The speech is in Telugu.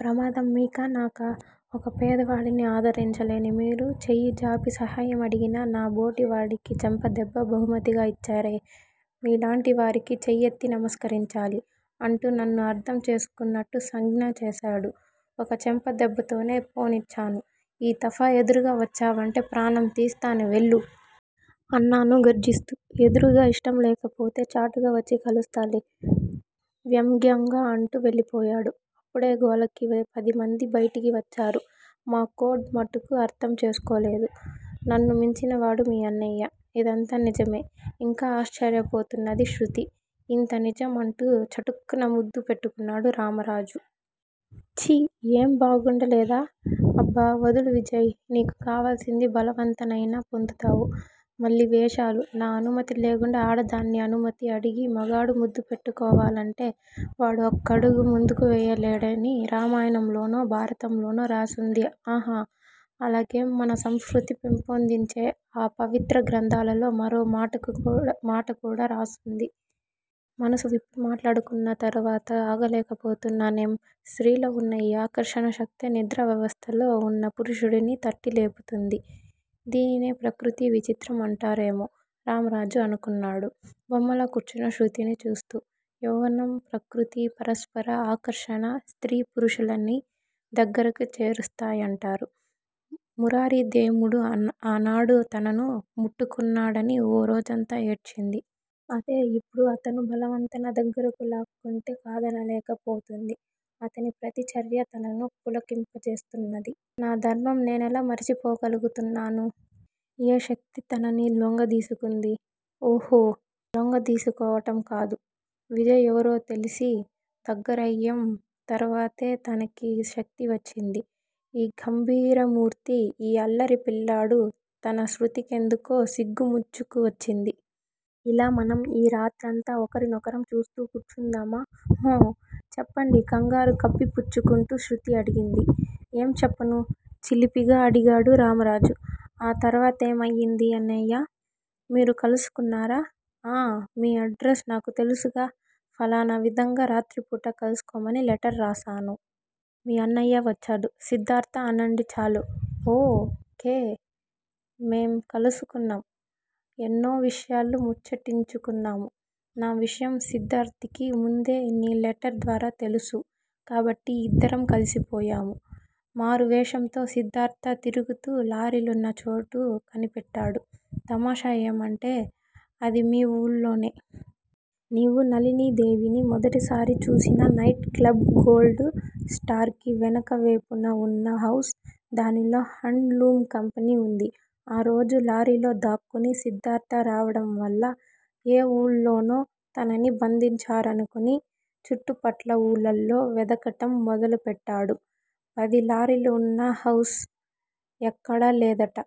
ప్రమాదం మీకా నాకా! ఒక పేదవాడిని ఆదరించలేని మీరు, చెయ్యి జాపి సహాయం అడిగిన నాబోటివాడికి చెంపదెబ్బ బహుమతిగా యిచ్చారే! మీలాంటివారికి చేయెత్తి నమస్కరించాలి. అంటూ నన్ను అర్థం చేసుకున్నట్టు సంజ్ఞ చేశాడు. ఒక్క చెంప దెబ్బతోనే పోనిచ్చాను. ఈ తఫా ఎదురుగా వచ్చావంటే ప్రాణం తీస్తాను, వెళ్ళు. అన్నాను గర్జిస్తూ. ఎదురుగాయిష్టంలేకపోతే చాటుగా వచ్చి కలుస్తాలే. వ్యంగ్యంగా అంటూ వెళ్ళిపోయాడు. అప్పుడే గోలకి పదిమంది బైటికి వచ్చారు. మా కోడ్ మటుకు అర్థం చేసుకోలేదు. నన్ను మించినవాడు మీ అన్నయ్య. ఇదంతా నిజమే? ఇంకా ఆశ్చర్యపోతున్నది శృతి. ఇంతనిజం అంటూ చటుక్కున ముద్దు పెట్టుకున్నాడు రామరాజు. ఛీ ఏం బాగుండలేదా? అబ్బ వదులు విజయ్! నీకు కావలసింది బలవంతానైనా పొందుతావు, మళ్ళీ వేషాలు, నా అనుమతి లేకుండా ఆడదాని అనుమతి అడిగి మగాడు ముద్దుపెట్టుకోవాలంటే వాడు ఒక్కడుగు ముందుకు వేయలేడని రామాయణంలోనో, భారతంలోనో రాసుంది ఆహా, అలాగేం మన సంస్కృతి పెంపొందించే ఆ పవిత్ర గ్రంథాలలో మరో మాటకూడా రాసుంది. మనసు విప్పి మాట్లాడుకున్న తర్వాత ఆగలేకపోతున్నానేం? స్త్రీలో వున్న ఈ ఆకర్షణశక్తే నిద్రావస్థలో వున్న పురుషుడిని తట్టి లేపుతుంది. దీనినే ప్రకృతి విచిత్రం అంటారేమో! రామరాజు అనుకున్నాడు, బొమ్మలా కూర్చున్న శృతిని చూస్తూ. యౌవనం, ప్రకృతి, పరస్పర ఆకర్షణ స్త్రీ పురుషులని దగ్గరకు చేరుస్తాయంటారు. మురారిదేముడు ఆనాడు తనను ముట్టుకున్నాడని ఓ రోజంతా ఏడ్చింది. అదే ఇప్పుడు అతను బలవంతాన దగ్గరకు లాక్కుంటే కాదనలేకపోయింది. అతని ప్రతి చర్యా తనను పులకింపజేస్తున్నది. నా ధర్మం నేనెలా మరిచిపొగలుగుతున్నాను! ఏ శక్తి తనని లోంగదీసుకుంది? ఊహూ లొంగదీసుకోవటం కాదు. విజయ్ ఎవరో తెలిసి, దగ్గరయిం తరవాతే తనకీ శక్తి వచ్చింది. ఈ గంభీరామూర్తి, ఈ అల్లారిపిల్లడు తన శృతికెందుకో సిగ్గు ముంచుకు వచ్చింది. ఇలా మనం ఈ రాత్రంతా ఒకరినొకరం చూస్తూ కూర్చుందామా! ఉహూ. చెప్పండి కంగారు కప్పిపుచ్చుకుంటూ శృతి అడిగింది. ఏం చెప్పను? చిలిపిగా అడిగాడు రామరాజు. ఆ తర్వాతేమయింది? అన్నయ్య, మీరు కలుసుకున్నారా! ఆ మీ అడ్రస్ నాకు తెలుసుగా? ఫలానా విధంగా రాత్రిపూట కల్సుకోమని లెటర్ రాశాను. మీ అన్నయ్య వచ్చాడు సిద్దార్థ అనండి చాలు. ఓ. కే. మేం కలుసుకున్నాం, ఎన్నో విషయాలు ముచ్చటించుకున్నాము. నా విషయం సిద్దార్థకి ముందే నీ లెటర్ ద్వారా తెలుసు. కాబట్టి ఇద్దరం కలిసిపోయాము. మారువేషంతో సిద్దార్థ తిరుగుతూ లారీలున్నచోటు కనిపెట్టాడు. తమాషా ఏమంటే అది మీ వూళ్ళోనే. నీవు నళినీదేవిని మొదటిసారి చూసిన నైట్ క్లబ్ గోల్డు స్టార్ కి వెనక వేపున వున్న హౌస్. దానిలో హాండ్ లూమ్ కంపెనీ వుంది. ఆ రోజు లారీలో దాక్కుని సిద్దార్థ రావడంవల్ల ఏ వూళ్ళోనో తనని బంధించారనుకుని చుట్టుపట్ల ఊళ్ళలో వెదకటం మొదలుపెట్టాడు. పది లారీలువున్నహవుస్ ఎక్కడాలేదుట.